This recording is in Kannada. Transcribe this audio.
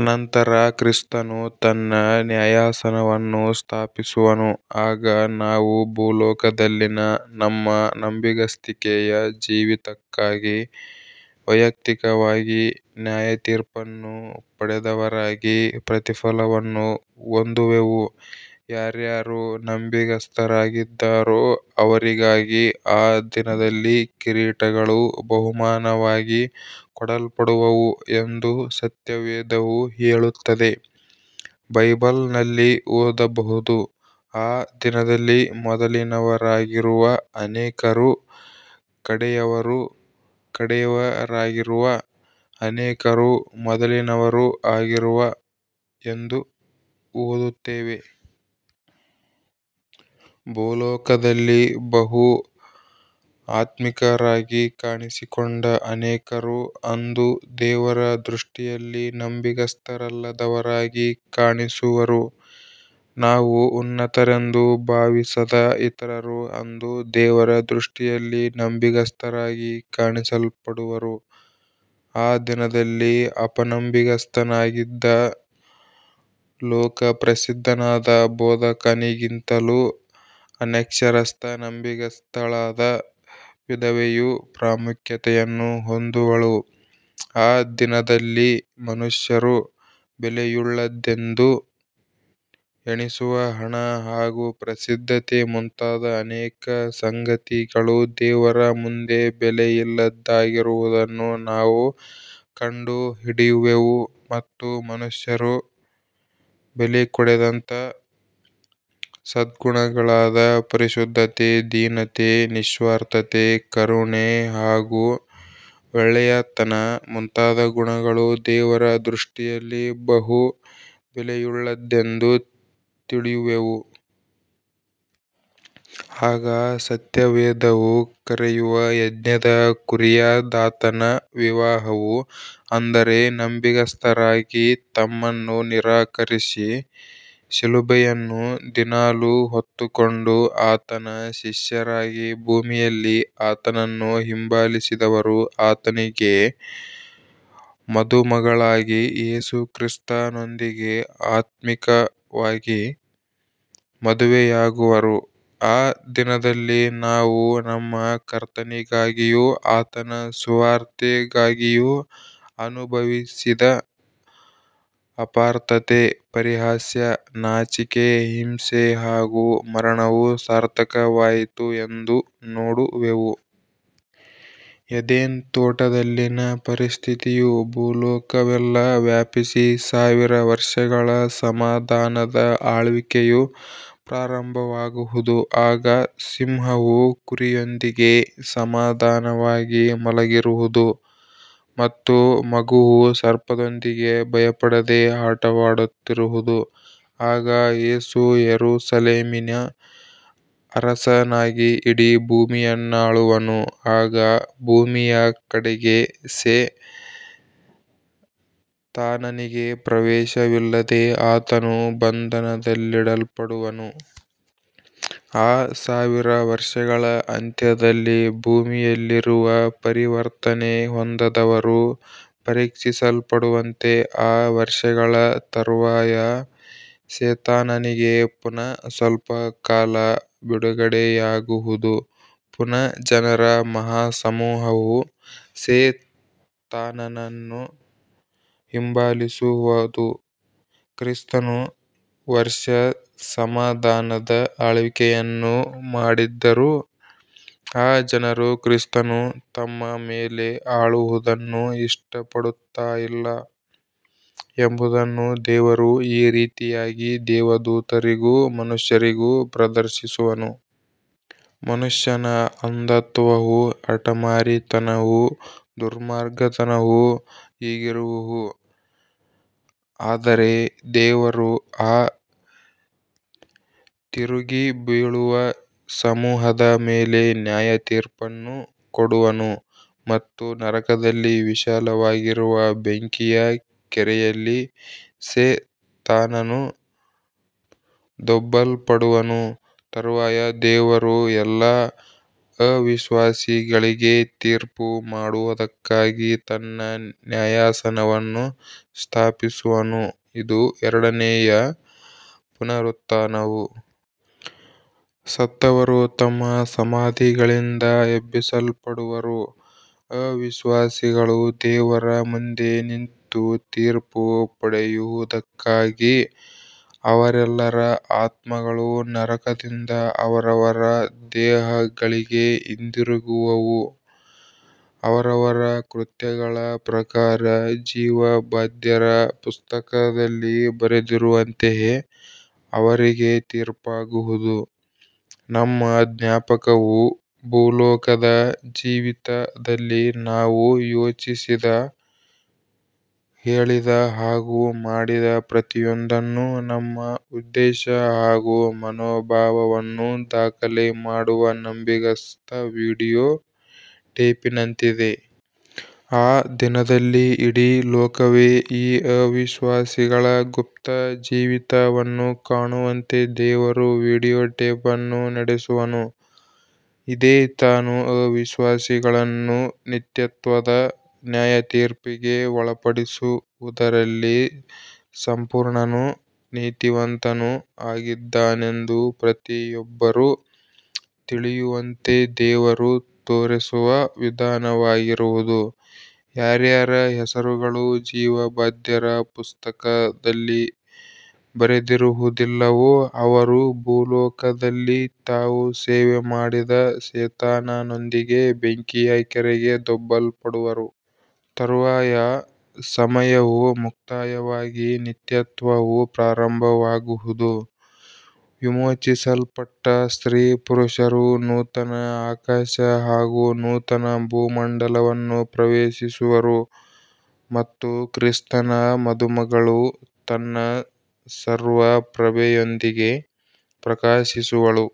ಅನಂತರ ಕ್ರಿಸ್ತನು ತನ್ನ ನ್ಯಾಯಾಸನವನ್ನು ಸ್ಥಾಪಿಸುವನು. ಆಗ ನಾವು ಭೂಲೋಕದಲ್ಲಿನ ನಮ್ಮ ನಂಬಿಗಸ್ತಿಕೆಯ ಜೀವಿತಕ್ಕಾಗಿ ವಯಕ್ತಿಕವಾಗಿ ನ್ಯಾಯತೀರ್ಪನ್ನು ಪಡೆದವರಾಗಿ ಪ್ರತಿಫಲವನ್ನು ಹೊಂದುವೆವು. ಯಾರ್ಯಾರು ನಂಬಿಗಸ್ತರಾಗಿದ್ದಾರೋ ಅವರಿಗಾಗಿ ಆ ದಿನದಲ್ಲಿ ಕಿರೀಟಗಳು ಬಹುಮಾನವಾಗಿ ಕೊಡಲ್ಪಡುವವು ಎಂದು ಸತ್ಯವೇದವು ಹೇಳುತ್ತದೆ. ಬೈಬಲ್ ನಲ್ಲಿ ಓದಬಹುದು. "ಆ ದಿನದಲ್ಲಿ ಮೊದಲಿನವರಾಗಿರುವ ಅನೇಕರು ಕಡೆಯವರೂ, ಕಡೆಯವರಾಗಿರುವ ಅನೇಕರು ಮೊದಲಿನವರೂ ಆಗಿರುವರು ಎಂದು ಓದುತ್ತೇವೆ.. ಭೂಲೋಕದಲ್ಲಿ ಬಹು ಆತ್ಮಿಕರಾಗಿ ಕಾಣಿಸಿಕೊಂಡ ಅನೇಕರು ಅಂದು ದೇವರ ದೃಷ್ಟಿಯಲ್ಲಿ ನಂಬಿಗಸ್ತರಲ್ಲದವರಾಗಿ ಕಾಣಿಸುವರು. ನಾವು ಉನ್ನತರೆಂದು ಭಾವಿಸದ ಇತರರು ಅಂದು ದೇವರ ದೃಷ್ಟಿಯಲ್ಲಿ ನಂಬಿಗಸ್ತರಾಗಿ ಕಾಣಿಸಲ್ಪಡುವರು. ಆ ದಿನದಲ್ಲಿ ಅಪನಂಬಿಗಸ್ತನಾಗಿದ್ದ, ಲೋಕ ಪ್ರಸಿದ್ಧನಾದ ಬೋಧಕನಿಗಿಂತಲೂ, ಅನಕ್ಷರಸ್ಥ- ನಂಬಿಗಸ್ತಳಾದ ವಿಧವೆಯು ಪ್ರಾಮುಖ್ಯತೆಯನ್ನು ಹೊಂದುವಳು! ಆ ದಿನದಲ್ಲಿ ಮನುಷ್ಯರು ಬೆಲೆಯುಳ್ಳದ್ದೆಂದು ಎಣಿಸುವ ಹಣ ಹಾಗೂ ಪ್ರಸಿದ್ಧತೆ ಮುಂತಾದ ಅನೇಕ ಸಂಗತಿಗಳು ದೇವರ ಮುಂದೆ ಬೆಲೆಯಿಲ್ಲದ್ದಾಗಿರುವುದನ್ನು ನಾವು ಕಂಡು ಹಿಡಿಯುವೆವು; ಮತ್ತು ಮನುಷ್ಯರು ಬೆಲೆ ಕೊಡದಂಥ ಸದ್ಗುಣಗಳಾದ -ಪರಿಶುದ್ಧತೆ, ದೀನತೆ, ನಿಸ್ವಾರ್ಥತೆ, ಕರುಣೆ ಹಾಗು ಒಳ್ಳೆಯತನ ಮುಂತಾದ ಗುಣಗಳು ದೇವರ ದೃಷ್ಟಿಯಲ್ಲಿ ಬಹು ಬೆಲೆಯುಳ್ಳದ್ದೆಂದು ತಿಳಿಯುವೆವು. ಆಗ ಸತ್ಯವೇದವು ಕರೆಯುವ 'ಯಜ್ಞದ ಕುರಿಯಾದಾತನ ವಿವಾಹವು' ಅಂದರೆ, ನಂಬಿಗಸ್ತರಾಗಿ ತಮ್ಮನ್ನು ನಿರಾಕರಿಸಿ ಶಿಲುಬೆಯನ್ನು ದಿನಾಲು ಹೊತ್ತುಕೊಂಡು ಆತನ ಶಿಷ್ಯರಾಗಿ ಭೂಮಿಯಲ್ಲಿ ಆತನನ್ನು ಹಿಂಬಾಲಿಸಿದವರು ಆತನಿಗೆ ಮದುಮಗಳಾಗಿ ಯೇಸು ಕ್ರಿಸ್ತನೊಂದಿಗೆ ಆತ್ಮಿಕವಾಗಿ ಮದುವೆಯಾಗುವರು. ಆ ದಿನದಲ್ಲಿ ನಾವು, 'ನಮ್ಮ ಕರ್ತನಿಗಾಗಿಯೂ ಆತನ ಸುವಾರ್ತೆಗಾಗಿಯೂ ಅನುಭವಿಸಿದ ಅಪಾರ್ಥತೆ, ಪರಿಹಾಸ್ಯ, ನಾಚಿಕೆ, ಹಿಂಸೆ, ಹಾಗೂ ಮರಣವು ಸಾರ್ಥಕವಾಯಿತು' ಎಂದು ನೋಡುವೆವು. ಏದೇನ್ ತೋಟದಲ್ಲಿನ ಪರಿಸ್ಥಿತಿಯು ಭೊಲೋಕವೆಲ್ಲಾ ವ್ಯಾಪಿಸಿ ಸಾವಿರ ವರ್ಷಗಳ ಸಮಾಧಾನದ ಆಳ್ವಿಕೆಯು ಪ್ರಾರಂಭವಾಗುವುದು. ಆಗ ಸಿಂಹವು ಕುರಿಯೊಂದಿಗೆ ಸಮಾಧಾನವಾಗಿ ಮಲಗಿರುವುದು ಮತ್ತು ಮಗುವು, ಸರ್ಪದೊಂದಿಗೆ ಭಯಪಡದೆ ಆಟವಾಡುತ್ತಿರುವುದು. ಆಗ ಯೇಸು ಯೆರೂಸಲೇಮಿನ ಅರಸನಾಗಿ ಇಡೀ ಭೂಮಿಯನ್ನಾಳುವನು. ಆಗ ಭೂಮಿಯ ಕಡೆಗೆ ಸೆ ತಾನನಿಗೆ ಪ್ರವೇಶವಿಲ್ಲದೆ ಆತನು ಬಂಧನದಲ್ಲಿಡಲ್ಪಡುವನು. ಆ ಸಾವಿರ ವರ್ಷಗಳ ಅಂತ್ಯದಲ್ಲಿ, ಭೂಮಿಯಲ್ಲಿರುವ ಪರಿವರ್ತನೆ ಹೊಂದದವರು ಪರೀಕ್ಷಿಸಲ್ಪಡುವಂತೆ ಆ ವರ್ಷಗಳ ತರುವಾಯ ಸೆತಾನನಿಗೆ ಪುನಃ ಸ್ವಲ್ಪ ಕಾಲ ಬಿಡುಗಡೆಯಾಗುವುದು. ಪುನಃ ಜನರ ಮಹಾ ಸಮೂಹವು ಸೆ ತಾನನನ್ನು ಹಿಂಬಾಲಿಸುವದು. ಕ್ರಿಸ್ತನು ವರ್ಷ ಸಮಾಧಾನದ ಆಳ್ವಿಕೆಯನ್ನು ಮಾಡಿದ್ದರೂ, ಆ ಜನರು ಕ್ರಿಸ್ತನು ತಮ್ಮ ಮೇಲೆ ಆಳುವುದನ್ನು ಇಷ್ಟಪಡುತ್ತಾಯಿಲ್ಲ ಎಂಬುದನ್ನು ದೇವರು ಈ ರೀತಿಯಾಗಿ ದೇವದೂತರಿಗೂ ಮನುಷ್ಯರಿಗೂ ಪ್ರದರ್ಶಿಸುವನು. ಮನುಷ್ಯನ ಅಂಧತ್ವವೂ, ಹಟಮಾರಿತನವೂ ದುರ್ಮಾರ್ಗತನವೂ ಹೀಗಿರುವುವು. ಆದರೆ ದೇವರು ಆ ತಿರುಗಿಬೀಳುವ ಸಮೂಹದ ಮೇಲೆ ನ್ಯಾಯತೀರ್ಪನ್ನು ಕೊಡುವನು. ಮತ್ತು ನರಕದಲ್ಲಿ ವಿಶಾಲವಾಗಿರುವ ಬೆಂಕಿಯ ಕೆರೆಯಲ್ಲಿ ಸೆ ತಾನನು ದೊಬ್ಬಲ್ಪಡುವನು. ತರುವಾಯ ದೇವರು ಎಲ್ಲಾ ಅವಿಶ್ವಾಸಿಗಳಿಗೆ ತೀರ್ಪು ಮಾಡುವುದಕ್ಕಾಗಿ ತನ್ನ ನ್ಯಾಯಾಸನವನ್ನು ಸ್ಥಾಪಿಸುವನು. ಇದು ಎರಡನೆಯ ಪುನರುತ್ಥಾನವು. ಸತ್ತವರು ತಮ್ಮ ಸಮಾಧಿಗಳಿಂದ ಎಬ್ಬಿಸಲ್ಪಡುವರು. ಅವಿಶ್ವಾಸಿಗಳು ದೇವರ ಮುಂದೆ ನಿಂತು ತೀರ್ಪು ಪಡೆಯುವುದಕ್ಕಾಗಿ, ಅವರೆಲ್ಲರ ಆತ್ಮಗಳು ನರಕದಿಂದ ಅವರವರ ದೇಹಗಳಿಗೆ ಹಿಂದಿರುಗುವುವು. ಅವರವರ ಕೃತ್ಯಗಳ ಪ್ರಕಾರ ಜೀವಬಾಧ್ಯರ ಪುಸ್ತಕದಲ್ಲಿ ಬರೆದಿರುವಂತೆಯೇ ಅವರಿಗೆ ತೀರ್ಪಾಗುವುದು. 'ನಮ್ಮ ಜ್ಞಾಪಕವು'- ಭೂಲೋಕದ ಜೀವಿತದಲ್ಲಿ ನಾವು ಯೋಚಿಸಿದ, ಹೇಳಿದ ಹಾಗು ಮಾಡಿದ ಪ್ರತಿಯೊಂದನ್ನೂ, ನಮ್ಮ ಉದ್ದೇಶ ಹಾಗು ಮನೋಭಾವವನ್ನೂ ದಾಖಲೆ ಮಾಡುವ ನಂಬಿಗಸ್ತ ವಿಡಿಯೋ ಟೇಪಿನಂತಿದೆ. ಆ ದಿನದಲ್ಲಿ ಇಡೀ ಲೋಕವೇ ಈ ಅವಿಶ್ವಾಸಿಗಳ ಗುಪ್ತ ಜೀವಿತವನ್ನು ಕಾಣುವಂತೆ ದೇವರು ವಿಡಿಯೋ ಟೇಪನ್ನು ನಡೆಸುವನು. ಇದೇ ತಾನು ಅವಿಶ್ವಾಸಿಗಳನ್ನು ನಿತ್ಯತ್ವದ ನ್ಯಾಯತೀರ್ಪಿಗೆ ಒಳಪಡಿಸುವುದರಲ್ಲಿ ಸಂಪೂರ್ಣನೂ, ನೀತಿವಂತನೂ ಆಗಿದ್ದಾನೆಂದು ಪ್ರತಿಯೊಬ್ಬರೂ ತಿಳಿಯುವಂತೆ ದೇವರು ತೋರಿಸುವ ವಿಧಾನವಾಗಿರುವುದು. ಯಾರ್ಯಾರ ಹೆಸರುಗಳು ಜೀವಬಾದ್ಯರ ಪುಸ್ತಕದಲ್ಲಿ ಬರೆದಿರುವುದಿಲ್ಲವೋ ಅವರು, ಭೂಲೋಕದಲ್ಲಿ ತಾವು ಸೇವೆ ಮಾಡಿದ ಸೆ ತಾನನೊಂದಿಗೆ ಬೆಂಕಿಯ ಕೆರೆಗೆ ದೊಬ್ಬಲ್ಪಡುವರು. ತರುವಾಯ ಸಮಯವು ಮುಕ್ತಾಯವಾಗಿ, ನಿತ್ಯತ್ವವು ಪ್ರಾರಂಭವಾಗುವುದು. ವಿಮೋಚಿಸಲ್ಪಟ್ಟ ಸ್ತ್ರೀ -ಪುರುಷರು ನೂತನ ಆಕಾಶ ಹಾಗು ನೂತನ ಭೂಮಂಡಲವನ್ನು ಪ್ರವೇಶಿಸುವರು ಮತ್ತು ಕ್ರಿಸ್ತನ ಮದುಮಗಳು ತನ್ನ ಸರ್ವ ಪ್ರಭೆಯೊಂದಿಗೆ ಪ್ರಕಾಶಿಸುವಳು.